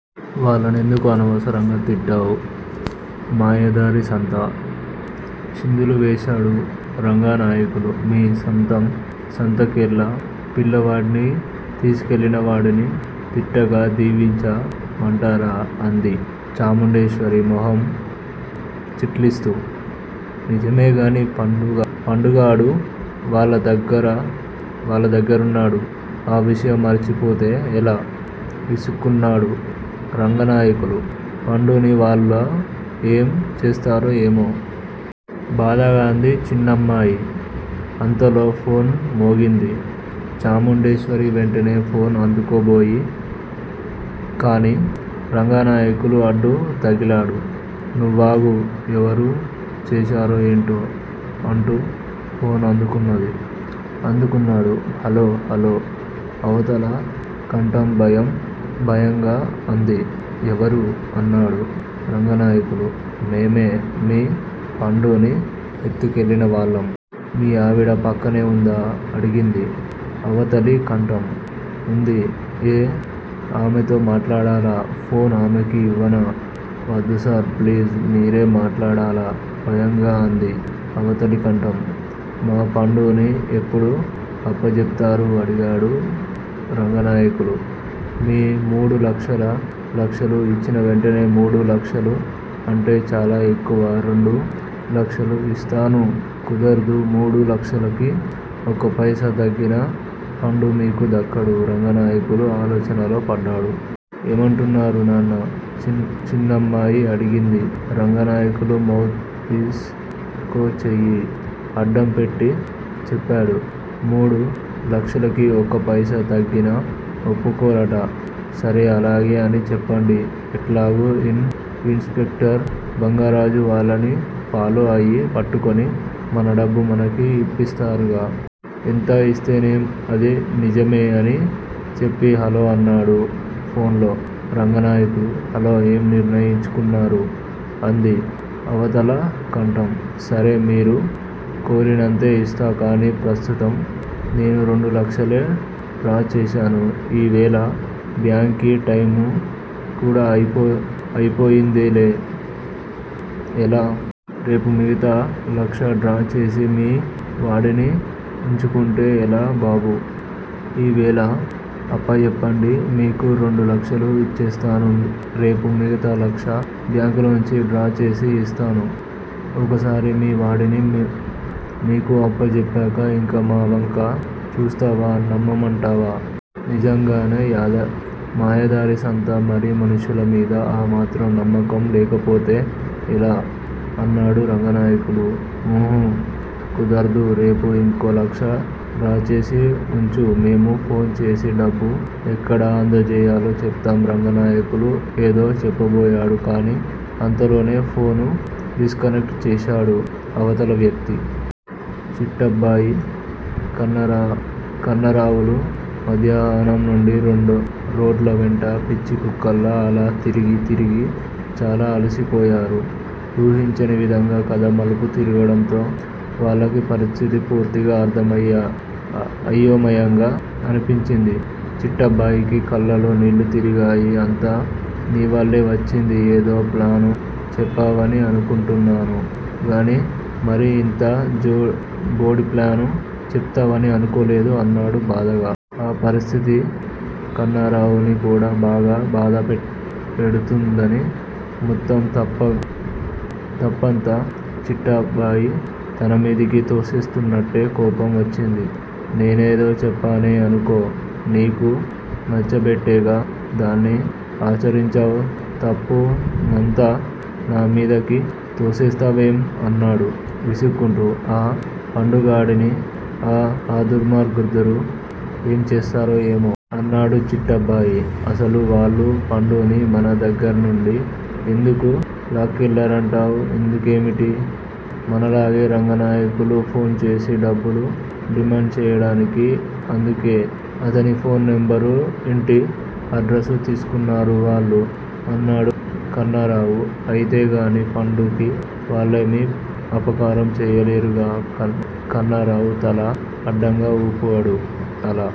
వాళ్ళనెందుకు అనవసరంగా తిట్టావ్ మాయదారి సంత? చిందులు వేశాడు రంగనాయకులు. మీ సంత సంతకెళ్ళ. పిల్లవాడ్ని తిస్కెళ్ళినవాడిని తిట్టక దీవించ మంటారా? అంది చాముండేశ్వరి మొహం చిట్లిస్తూ. నిజమేగాని పండుగాడు వాళ్ళదగ్గరున్నాడు. ఆ విషయం మర్చి పోతే ఎలా? విసుక్కున్నాడు రంగనాయకులు. పండుని వాళ్ళ ఏం చేస్తారో ఏమో! బాధగా అంది చిన్నమ్మాయి. అంతలో ఫోన్ మోగింది. చాముండేశ్వరి వెంటనే ఫోన్ అందుకోబోయి. కాని రంగనాయకులు అడ్డు తగిలాడు. నువ్వాగు. ఎవరు చేశారో ఎంటో? అంటూ ఫోన్ అందుకున్నాడు. హలో హలో అవతల కంఠం భయం భయంగా అంది. ఎవరూ? అన్నాడు రంగాయకులు. మేమే, మీ పండుని ఎత్తుకెళ్ళినవాళ్ళం. మీ ఆవిడ పక్కనే ఉందా? అడిగింది అవతలి కంఠం. ఉంది ఏ ఆమెతో మాట్లాడాలా? ఫోన్ ఆమెకి ఇవ్వానా? వద్దుసార్! ప్లీజ్ మిరే మాట్లాడాలా భయంగా అంది అవతలి కంఠం. మా పండుని ఎప్పుడు అప్పజేప్తారు? అడిగాడు రంగనాయకులు. మీరు మూడు లక్షలు ఇచిన వెంటనే మూడు లక్షలు అంటే చాలా ఎక్కువ రెండు లక్షలు ఇస్తాను కుదర్దు మూడు లక్షలకి ఒక్కప్తెసా తగ్గినా పండు మీకు దక్కడు రంగనాయకులు ఆలోచనలో పడ్దాడు. ఏమంటున్నారు నాన్నా? చిన్నమ్మాయి అడిగింది. రంగనాయకులు మౌత్ పిస్ కో చెయ్యి అడ్డం పెట్టి చెప్పాడు. మూడు లక్షలకి ఒక్కప్తెసా తగ్గినా ఒప్పకోరట! సరే అలాగే అని చెప్పండి. ఎట్లాగు ఇన్స్ పెక్టర్ బంగార్రాజు వాళ్ళని ఫాలో అయి పట్టుకుని మన డబ్బు మనకి ఇప్పిస్తారుగా? ఎంత ఇస్తేనేం? అది నిజమే అని చెప్పి హలో అన్నాడు ఫోన్లో రంగనాయకులు. హలో ఏం నిర్ణయించుకున్నారు? అంది అవతల కంఠం. సరే! మీరు కోరినంతే ఇస్తాం కాని ప్రస్తుతం నేను రెండు లక్షలే డ్రా చేశాను ఈ వేళ బ్యాంకి టైము కూడా అయిపోయిందేలే ఎలా? రేపు మిగతా లక్ష డ్రా చేసి మీ వాడిని ఉంచుకుంటే ఎలా బాబూ? ఈ వేళ అప్పజేప్పండి మీకు రెండు లక్షలు ఇచ్చేస్తాను రేపు మిగతా లక్షా బ్యాకులోంచి డ్రా చేసి ఇస్తాను. ఒక సారి మీ వాడిని మీకు అప్పజేప్పాక ఇంక మా వంక చూస్తావా నమ్మమంటావా? నిజంగానే మాయదారి సంత మరి మనుషుల మీద ఆ మాత్రం నమ్మకం లేకపోతే ఎలా? అన్నాడు రంగాయకులు. ఊహు కుదర్దూ రేపు ఇంకో లక్ష డ్రాచేసి ఉంచు మేము ఫోన్ చేసి డబ్బు ఎక్కడ అందజేయాలో చెప్తాం రంగనాయకులు ఎదో చెప్పబోయాడు కాని అంతలోనే ఫోను డిస్కనెక్ట్ చేశాడు అవతలి వ్యక్తి. చిట్టబ్బాయి, కన్నరావులు మధ్యాహ్నం నుండి రొడ్ల వెంట పిచ్చి కుక్కల్లా అలా తిరిగి తిరిగి చాలా అలసిపోయారు. ఊహించని విధంగా కథ మలుపు తిరగడంతో వాళ్ళకి పరిస్ధితి పూర్తిగా అయోమయంగా అనిపించింది. చిట్టబ్బాయికి కళ్ళల్లో నీళ్ళు తిరిగాయి. అంతా నీవల్లే వచ్చింది ఎదో ప్లాను చెప్పావని అనుకుంటున్నాను గాని మరి ఇంత బోడి ప్లాను చెప్తావని అనుకోలేదు అన్నాడు బాధగా. ఆ పరిస్ధితి కన్నారావుని కూడా బాగా బాధ పెడ్తుందిగాని మొత్తం తప్పంతా చిట్టబ్బాయి తనమిదికి తోస్తేస్తుంటే కోపం వచ్చింది. నేనేదో చెప్పానే అనుకో నీకు నచ్చబట్టేగా దాన్ని ఆచరించావ్ తప్పు నంతా నా మీదికి తోసేస్తావేం? అన్నాడు విసుక్కుంటూ. ఆ పండుగాడిని ఆ దుర్మార్గుద్దరూ ఏం చేస్తారో ఏమో! అన్నాడు చిట్టబ్బాయి. అసలు వాళ్లు పండుని మన దగ్గర్నుండి ఎందుకు లాక్కెళ్ళారంటావ్? ఎందుకేమిటి? మనలాగేనే రంగానాయకులుకి ఫోన్ చేసి డబ్బులు డిమాండ్ చేయడానికి! అందుకే అతని ఫోన్ నెంబరూ, ఇంటి అడ్రసూ తిస్కున్నారు వాళ్లు అన్నాడు కన్నారావు. అయితేగాని పండుకి వాళ్ళేమి అపకారం చేయలేరుగా? కన్నారావు తల అడ్డంగా ఊపాడు. అలా